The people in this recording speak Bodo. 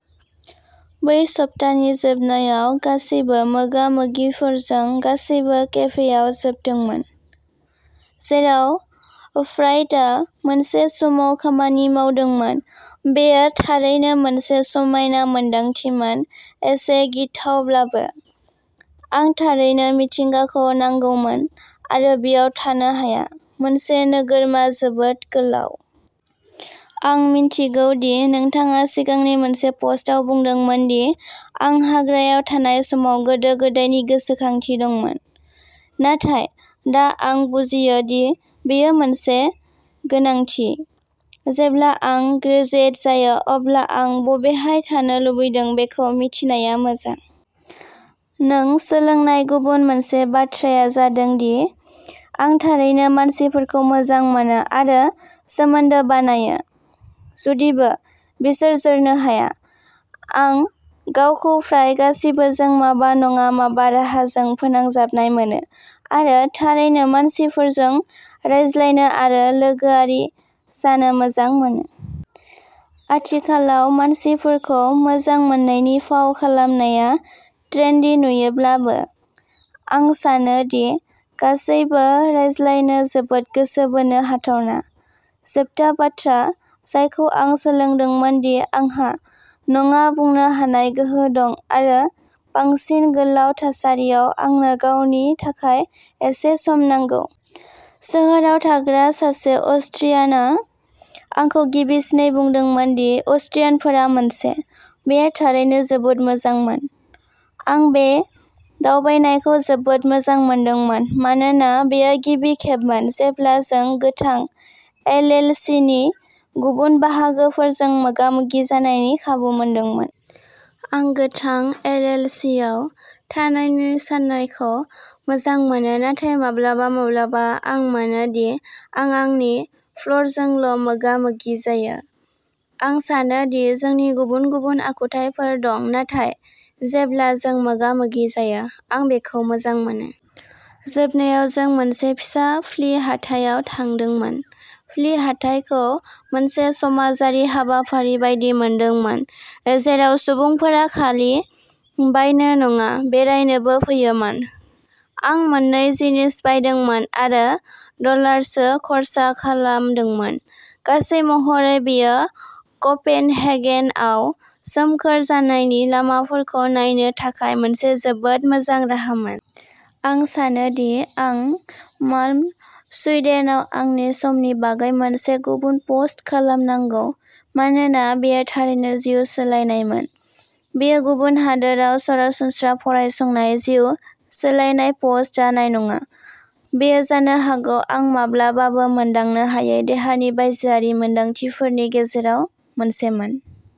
बै सप्तानि जोबनायाव गासैबो मोगा-मोगिफोरजों गासैबो केफेआव जोबदोंमोन, जेराव फ्रायडआ मोनसे समाव खामानि मावदोंमोन। बेयो थारैनो मोनसे समायना मोनदांथिमोन, एसे गिथावब्लाबो। आं थारैनो मिथिंगाखौ नांगौमोन आरो बेयाव थानो हाया। मोनसे नोगोरमा जोबोद गोलाव। आं मिन्थिगौ दि नोंथाङा सिगांनि मोनसे पस्टआव बुंदोंमोन दि आं हाग्रायाव थानाय समाव गोदो गोदायनि गोसोखांथि दंमोन, नाथाय दा आं बुजियो दि बेयो मोनसे गोनांथि। जेब्ला आं ग्रेजुवेट जायो अब्ला आं बबेहाय थानो लुबैदों बेखौ मिथिनाया मोजां। नों सोलोंनाय गुबुन मोनसे बाथ्राया जादों दि आं थारैनो मानसिफोरखौ मोजां मोनो आरो सोमोन्दो बानायो, जुदिबो बिसोर जोरनो हाया। आं गावखौ फ्राय गासिबोजों माबा नङा माबा राहाजों फोनांजाबनाय मोनो आरो थारैनो मानसिफोरजों रायज्लायनो आरो लोगोआरि जानो मोजां मोनो। आथिखालाव मानसिफोरखौ मोजां मोन्नायनि फाव खालामनाया ट्रेन्डी नुयोब्लाबो, आं सानो दि गासैबो रायज्लायनो जोबोद गोसो बोनो हाथावना। जोबथा बाथ्रा जायखौ आं सोलोंदोंमोन दि आंहा नङा बुंनो हानाय गोहो दं आरो बांसिन गोलाव थासारियाव आंनो गावनि थाखाय एसे सम नांगौ। सोहोराव थाग्रा सासे अस्ट्रियानआ आंखौ गिबिसिनै बुंदोंमोन दि अस्ट्रियानफोरा मोनसे। बेयो थारैनो जोबोद मोजांमोन। आं बे दावबायनायखौ जोबोद मोजां मोनदोंमोन मानोना बेयो गिबि खेबमोन जेब्ला जों गोथां एल. एल. सि. नि गुबुन बाहागोफोरजों मोगामोगि जानायनि खाबु मोनदोंमोन। आं गोथां एल. एल. सि. आव थानायनि साननायखौ मोजां मोनो, नाथाय माब्लाबा माब्लाबा आं मोनो दि आं आंनि फ्ल'रजोंल'मोगामोगि जायो। आं सानोदि जोंनि गुबुन-गुबुन आखुथायफोर दं, नाथाय जेब्ला जों मोगामोगि जायो, आं बेखौ मोजां मोनो। जोबनायाव, जों मोनसे फिसा फ्लि हाथायाव थांदोंमोन। फ्लि हाथायखौ मोनसे समाजारि हाबाफारि बायदि मोनदोंमोन जेराव सुबुंफोरा खालि बायनो नङा, बेरायनोबो फैयोमोन। आं मोननै जिनिस बायदोंमोन आरो डलारसो खर्सा खालामदोंमोन। गासै महरै बेयो क'पेनहेगेनआव सोमखोर जानायनि लामाफोरखौ नायनो थाखाय मोनसे जोबोद मोजां राहामोन। आं सानोदि आं माल्म', सुइडेनआव आंनि समनि बागै मोनसे गुबुन पस्ट खालामनांगौ मानोना बेयो थारैनो जिउ सोलायनायमोन। बेयो गुबुन हादोराव सरासनस्रा फरायसंनाय जिउ सोलायनाय पस्ट जानाय नङा। बेयो जानो हागौ आं माब्लाबाबो मोनदांनो हायै देहानि बायजोआरि मोनदांथिफोरनि गेजेराव मोनसेमोन।